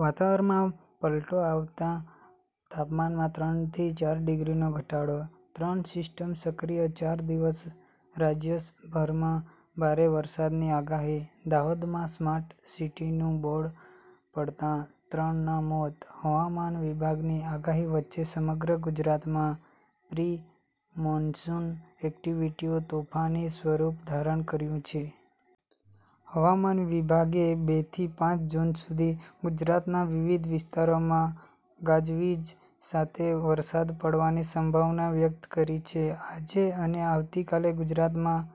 વાતાવરણમાં પલટો આવતા તાપમાનમાં ત્રણ થી ચાર ડિગ્રીનો ઘટાડો. ત્રણ સિસ્ટમ સક્રિય, ચાર દિવસ રાજ્યભરમાં ભારે વરસાદની આગાહી. દાહોદમાં 'સ્માર્ટ સિટી'નું બોર્ડ પડતાં ત્રણ ના મોત. હવામાન વિભાગની આગાહી વચ્ચે સમગ્ર ગુજરાતમાં પ્રી-મોન્સૂન એક્ટિવિટીએ તોફાની સ્વરૂપ ધારણ કર્યું છે. હવામાન વિભાગે બે થી પાંચ જૂન સુધી ગુજરાતના વિવિધ વિસ્તારોમાં ગાજવીજ સાથે વરસાદ પડવાની સંભાવના વ્યક્ત કરી છે. આજે અને આવતીકાલે ગુજરાતમાં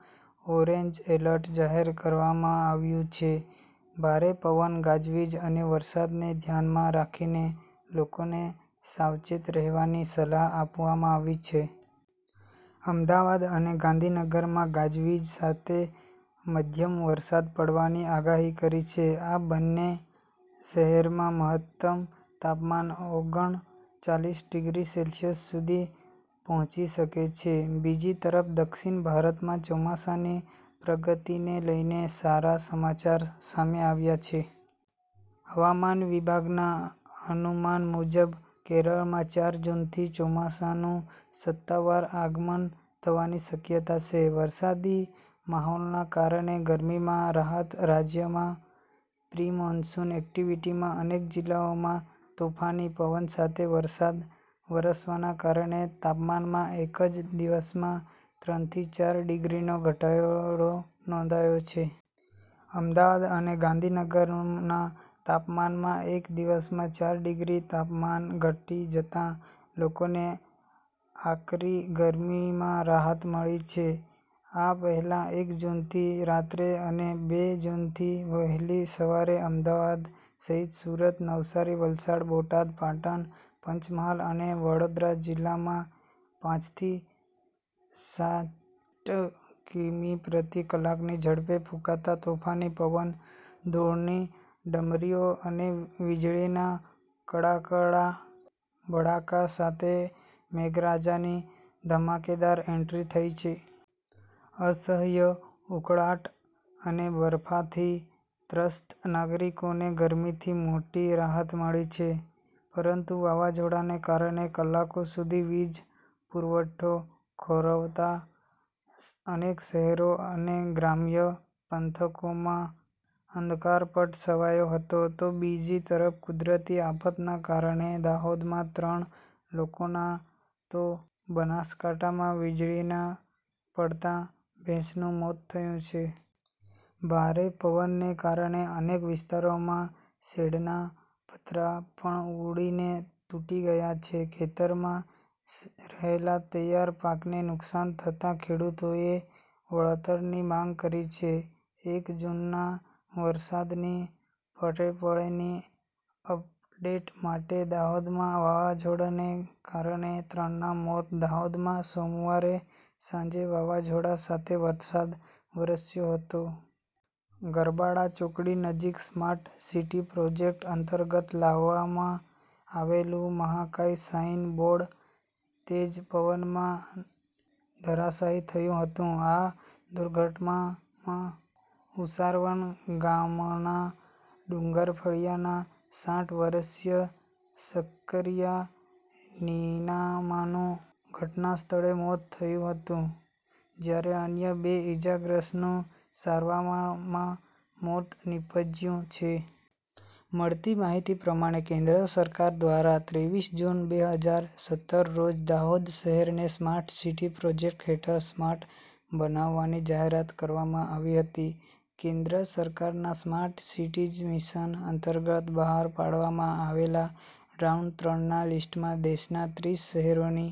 ઓરેન્જ એલર્ટ જાહેર કરવામાં આવ્યું છે. ભારે પવન, ગાજવીજ અને વરસાદને ધ્યાનમાં રાખીને લોકોને સાવચેત રહેવાની સલાહ આપવામાં આવી છે. અમદાવાદ અને ગાંધીનગરમાં ગાજવીજ સાથે મધ્યમ વરસાદ પડવાની આગાહી કરી છે. આ બન્ને શહેરમાં મહત્તમ તાપમાન ઓગન ચાલીસ ડિગ્રી સેલ્સિયસ સુધી પહોંચી શકે છે. બીજી તરફ, દક્ષિણ ભારતમાં ચોમાસાની પ્રગતિને લઈને સારા સમાચાર સામે આવ્યા છે. હવામાન વિભાગના અનુમાન મુજબ, કેરળમાં ચાર જૂનથી ચોમાસાનું સત્તાવાર આગમન થવાની શક્યતા છે. વરસાદી માહોલના કારણે ગરમીમાં રાહત રાજ્યમાં પ્રિમોન્સૂન એક્ટિવિટીમાં અનેક જિલ્લામાં તોફાની પવન સાથે વરસાદ વરસવાના કારણે તાપમાનમાં એક જ દિવસમાં ત્રણ થી ચાર ડિગ્રીનો ઘટાડો નોંધાયો છે. અમદાવાદ અને ગાંધીનગરના તાપમાનમાં એક દિવસમાં ચાર ડિગ્રી તાપમાન ઘટી જતા લોકોને આકરી ગરમીમાં રાહત મળી છે. આ પહેલાં એક જૂનની રાત્રે અને બે જૂનની વહેલી સવારે અમદાવાદ સહિત સુરત, નવસારી, વલસાડ, બોટાદ, પાટણ, પંચમહાલ અને વડોદરા જિલ્લામાં પચાસ થી ચાઠ કિમી પ્રતિ કલાકની ઝડપે ફૂંકાતા તોફાની પવન, ધૂળની ડમરીઓ અને વીજળીના કડાકા-ભડાકા સાથે મેઘરાજાની ધમાકેદાર એન્ટ્રી થઈ છે. અસહ્ય ઉકળાટ અને બફારાથી ત્રસ્ત નાગરિકોને ગરમીથી મોટી રાહત મળી છે, પરંતુ વાવાઝોડાને કારણે કલાકો સુધી વીજ પુરવઠો ખોરવાતા અનેક શહેરો અને ગ્રામ્ય પંથકોમાં અંધારપટ છવાયો હતો. તો બીજી તરફ કુદરતી આફતના કારણે દાહોદમાં ત્રણ લોકોના તો બનાસકાંઠામાં વીજળી પડતા ભેંસનું મોત થયું છે. ભારે પવનને કારણે અનેક વિસ્તારોમાં શેડના પતરા પણ ઉડીને તૂટી ગયાં છે. ખેતરમાં રહેલા તૈયાર પાકને નુકસાન થતાં ખેડૂતોએ વળતરની માગ કરી છે. એક જૂનના વરસાદની પળેપળની અપડેટ માટે. દાહોદમાં વાવાઝોડાને કારણે ત્રણના મોત દાહોદમાં સોમવારે સાંજે વાવાઝોડા સાથે વરસાદ વરસ્યો હતો. ગરબાડા ચોકડી નજીક સ્માર્ટ સિટી પ્રોજેક્ટ અંતર્ગત લગાવવામાં આવેલું મહાકાય સાઈન બોર્ડ તેજ પવનમાં ધરાશાયી થયું હતું. આ દુર્ઘટનામાં ઉસારવણ ગામના ડુંગર ફળિયાના સાઠ વર્ષીય શક્કરિયા નિનામાનું ઘટનાસ્થળે મોત થયું હતું, જ્યારે અન્ય બે ઈજાગ્રસ્તનું સારવારમાં મોત નીપજ્યું છે. મળતી માહિતી પ્રમાણે, કેન્દ્ર સરકાર દ્વારા ત્રેવીસ જૂન, બે હજાર સત્તર રોજ દાહોદ શહેરને સ્માર્ટ સિટી પ્રોજેક્ટ હેથળ સ્માર્ટ બનાવવાની જાહેરાત કરવામાં આવી હતી. કેન્દ્ર સરકારના 'સ્માર્ટ સિટીઝ મિશન' અંતર્ગત બહાર પાડવામાં આવેલા રાઉન્ડ-ત્રણ ના લિસ્ટમાં દેશના ત્રીસ શહેરોની